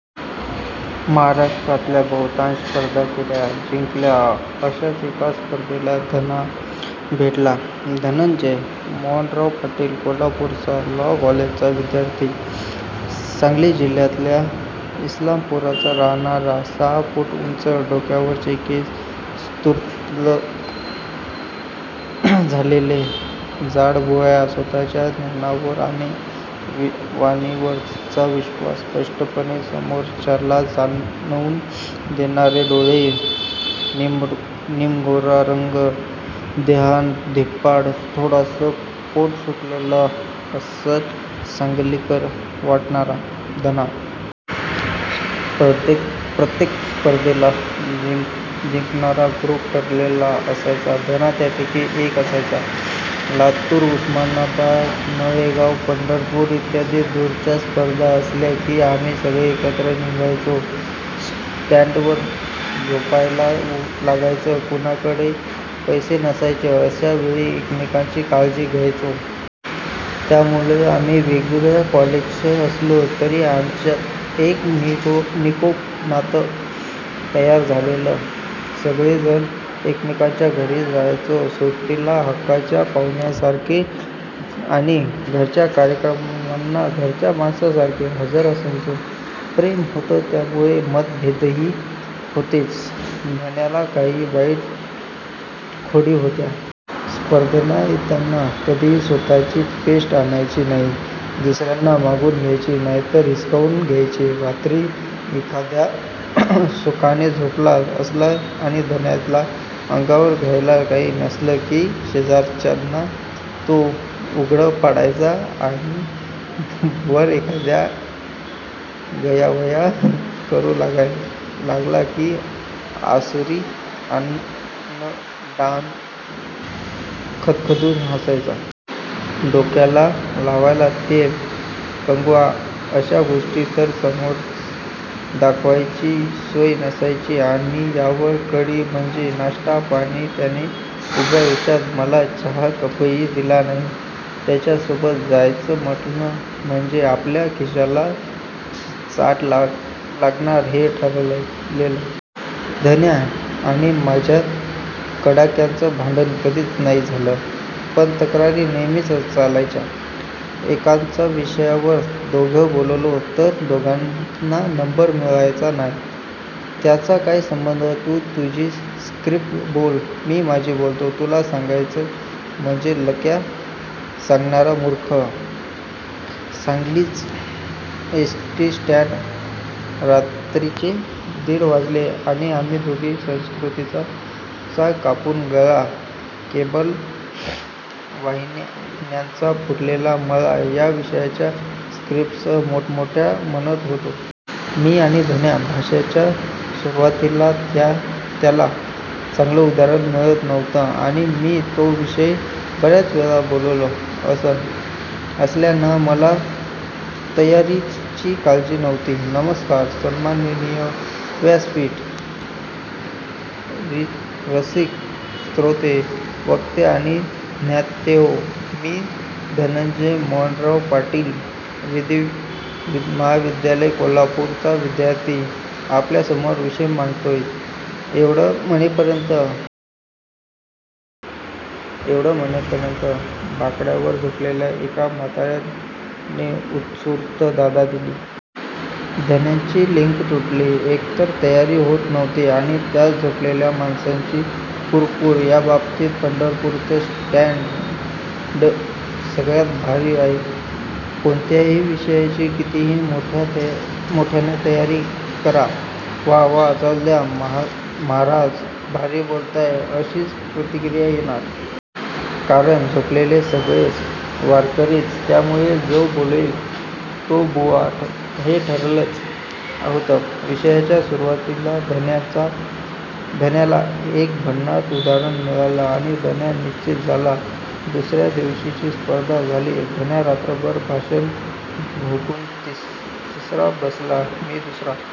महाराष्ट्रातल्या बहुतांश स्पर्धा केल्या. जिंकल्या. अशाच एका स्पर्धेला धना भेटला, धनंजय मोहनराव पाटील, कोल्हापूरच्या लॉ कॉलेजचा विध्यार्थी. सांगली जिल्ह्यातल्या इस्लामपूरचा राहणारा, सहा फूट उंच, डोक्यावरचे केस तुरळक झालेले, जाड भुवया, स्वतःच्या ज्ञानावरचा आणि वाणीवरचा विश्वास स्पष्टपणे समोरच्याला जाणवून देणारे डोळे, निमगोरा रंग, देहानं धिप्पाड, थोडसं पोट सुटलेलं, अस्सल सांगलीकर वाटणारा धना. प्रत्येक स्पर्धेला जिंकणारा ग्रूप ठरलेला असायचा, धना त्यापैकी एक असायचा. लातूर, उस्मानाबाद, नळेगाव, पंढरपूर, इ. दूरच्या स्पर्धा असल्या की आम्ही सगळे एकत्र निघायचो. स्ट्यांडवर झोपायला लागायचं. कुणाकडं पैसे नसायचे अशा वेळी एकमेकाची काळजी घ्यायचो. त्यामुळं आम्ही वेगवेगळ्या कॉलेजचे असलो तरी आमच्यात एक निकोप नातं तयार झालेलं. सगळेजण एकमेकाच्या घरी जायचो. सुट्टीला हक्काच्या पाहुण्यांसारखे आणि घरच्या कार्यक्रमांना घरच्या माणसांसारखे हजर असायचो. प्रेम होतं त्यामुळं मतभेदही होतेच. धन्याला काही वाईट खोडी होत्या. स्पर्धेला येताना कधीही स्वतःची पेस्ट आणायची नाही. दुसर्यांना मागून घ्यायची नाहितर हिसकाऊन घ्यायची. रात्री एखादा सुखाने झोपला असला आणि धन्याला अंगावर घ्यायला काही नसलं की शेजापाजर्यांना तो ऊघडं पाडायचा, आणि वर एखादा गयावया करू लागला की आसुरी आनंडानं खदखदून हसायचा. डोक्याला लावायचं तेल, कंगवा अशा गोष्टी तर त्याच्यासमोर दाखवायची सोय नसायची. आणि यावर कडी म्हणजे नाष्टा पाणी. त्याने उभ्या आयुष्यात मला चहाचा कपही दिला नाही. त्याच्यासोबत जायचं म्हणजे आपल्या खिशाला चाट लागणार हे ठरलेलं. धन्या आणि माझ्यात कडाक्याचं भांडण कधीच नाही झालं पण तक्रारी नेहमीच चालायच्या "एकाच विषयावर दोघं बोललो तर दोघांना नंबर मिळायचा नाय. " "त्याचा काय संबंध? तू तुझी स्क्रीप्ट बोल मी माझी बोलतो" "तुला सांगायच मजी ल्यका सांगणारा मुर्ख" सांगलीच एसटी स्ट्यांड, रात्रीचे दीड वाजलेले आणि आम्ही दोघं 'संस्कृतीचा कापून गळा, केबल वाहिन्यांचा फुललाय मळा' या विषयाच्या स्क्रिप्ट्स मोठमोठ्यानं म्हणत होतो. मी आणि धना. भाषणाच्या सुरूवातीला त्याला चांगलं उदाहरण मिळत नव्हतं आणि मी तो विषय बर्याच वेळा बोललो असल्यानं मला तयारीची काळजी नव्हती. "नमस्कार सन्मानणिय व्यासपीठ... रसिक श्रोते, वक्ते आणि ज्ञातेहो, मी धनंजय मोहनराव पाटील, विधी महाविद्यालय कोल्हापूरचा विध्यार्थी आपल्यासमोर विषय मंडतोय " एवढं म्हणेपर्यंत बाकड्यावर झोपलेल्या एका म्हातार्याने उत्स्फुर्त दाद दिली. धन्याची लिंक तुटली. एकतर तयारी होत नव्हती आणि त्यात झोपलेल्या माणसांची कुरकूर. याबाबतीत पंढरपूरचं स्ट्यांड सगळ्यात भारी आहे. कोणत्याही विषयाची कितीही मोठ्यानं तयारी करा "वा वा चालुद्या म्हाराज, भारी बोलताय " अशीच प्रतिक्रीया येणार. कारण झोपलेले सगळे वारकरीच त्यामुळं जो बोलेल तो बुवा हे ठरलेलच होतं. विषयाच्या सुरूवातीला धन्याला एक भन्नाट उदाहरण मिळालं आणि धन्या निश्चिंत झाला. दुसर्या दिवशीची स्पर्धा झाली.धन्या रात्रभर भाषण घोकून तिसरा बसला मी दुसरा.